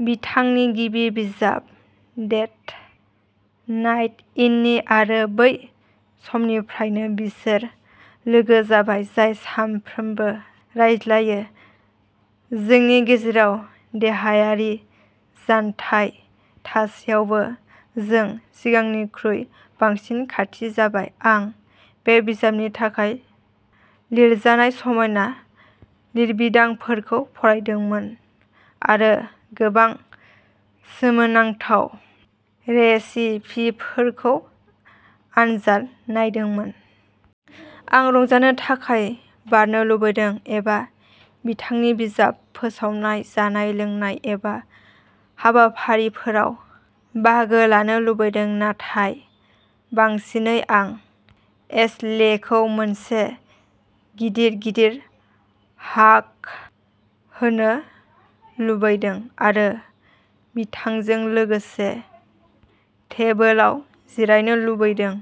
बिथांनि गिबि बिजाब डेट नाइट इननि, आरो बै समनिफ्रायनो बिसोर लोगो जाबाय, जाय सानफ्रोमबो रायज्लायो। जोंनि गेजेराव देहायारि जानथाय थासेयावबो, जों सिगांनिख्रुइ बांसिन खाथि जाबाय। आं बे बिजाबनि थाखाय लिरजानाय समायना लिरबिदांफोरखौ फरायदोंमोन, आरो गोबां सोमोनांथाव रेसिपिफोरखौ आनजाद नायदोंमोन। आं रंजानो थाखाय बारनो लुबैदों, एबा बिथांनि बिजाब फोसावनाय जानाय लोंनाय एबा हाबाफारिफोराव बाहागो लानो लुबैदों, नाथाय बांसिनै आं एशलेखौ मोनसे गिदिर, गिदिर हाग होनो लुबैदों आरो बिथांजों लोगोसे टेबोलाव जिरायनो लुबैदों।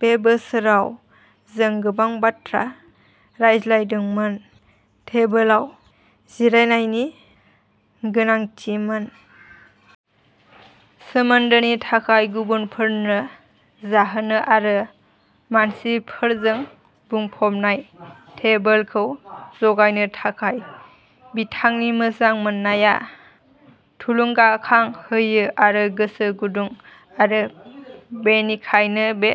बे बोसोराव जों गोबां बाथ्रा रायज्लायदोंमोन, टेबोलाव जिरायनायनि गोनांथिमोन। सोमोन्दोनि थाखाय, गुबुनफोरनो जाहोनो, आरो मानसिफोरजों बुंफबनाय टेबोलखौ जगायनो थाखाय बिथांनि मोजां मोननाया थुलुंगाखां होयो आरो गोसो गुदुं आरो बेनिखायनो बे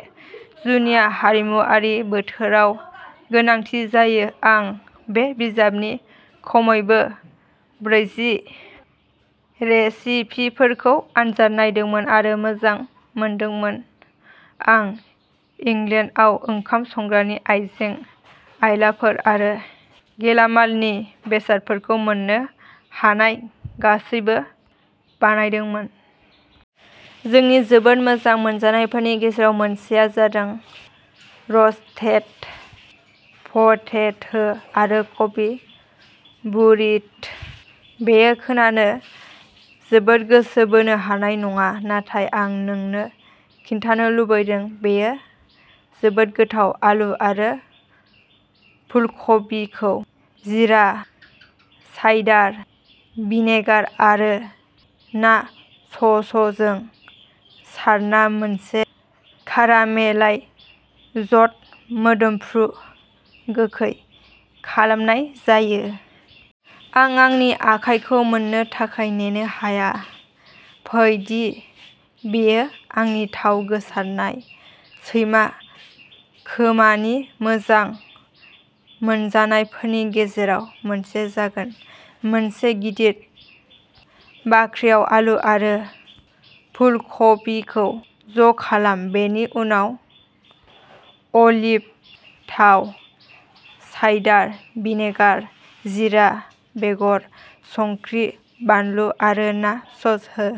जुनिया हारिमुआरि बोथोराव गोनांथि जायो। आं बे बिजाबनि खमैबो ब्रैजि रेसिपिफोरखौ आनजाद नायदोंमोन आरो मोजां मोनदोंमोन, आं इंलेन्डआव ओंखाम संग्रानि आइजें आइलाफोर आरो गेलामालनि बेसादफोरखौ मोननो हानाय गासैबो बानायदोंमोन। जोंनि जोबोद मोजां मोनजानायफोरनि गेजेराव मोनसेआ जादों रस्टेड पटेटो आरो कबि बुरिट'। बेयो खोनानो जोबोद गोसो बोनो हानाय नङा, नाथाय आं नोंनो खिन्थानो लुबैदों, बेयो जोबोद गोथाव! आलु आरो फुलकबिखौ जीरा, साइडार भिनेगार आरो ना ससजों सारना मोनसे कारामेलाइज्ड, मोदोमफ्रु गोखै खालामनाय जायो। आं आंनि आखायखौ मोन्नो थाखाय नेनो हाया, फै दि बेयो आंनि थाव गोसारनाय, सैमा खोमानि मोजां मोनजानायफोरनि गेजेराव मोनसे जागोन। मोनसे गिदिर बाख्रियाव आलु आरो फुलकबिखौ ज' खालाम। बेनि उनाव अलिभ थाव, साइडार भिनेगार, जीरा बेगर, संख्रि, बानलु आरो ना सस हो।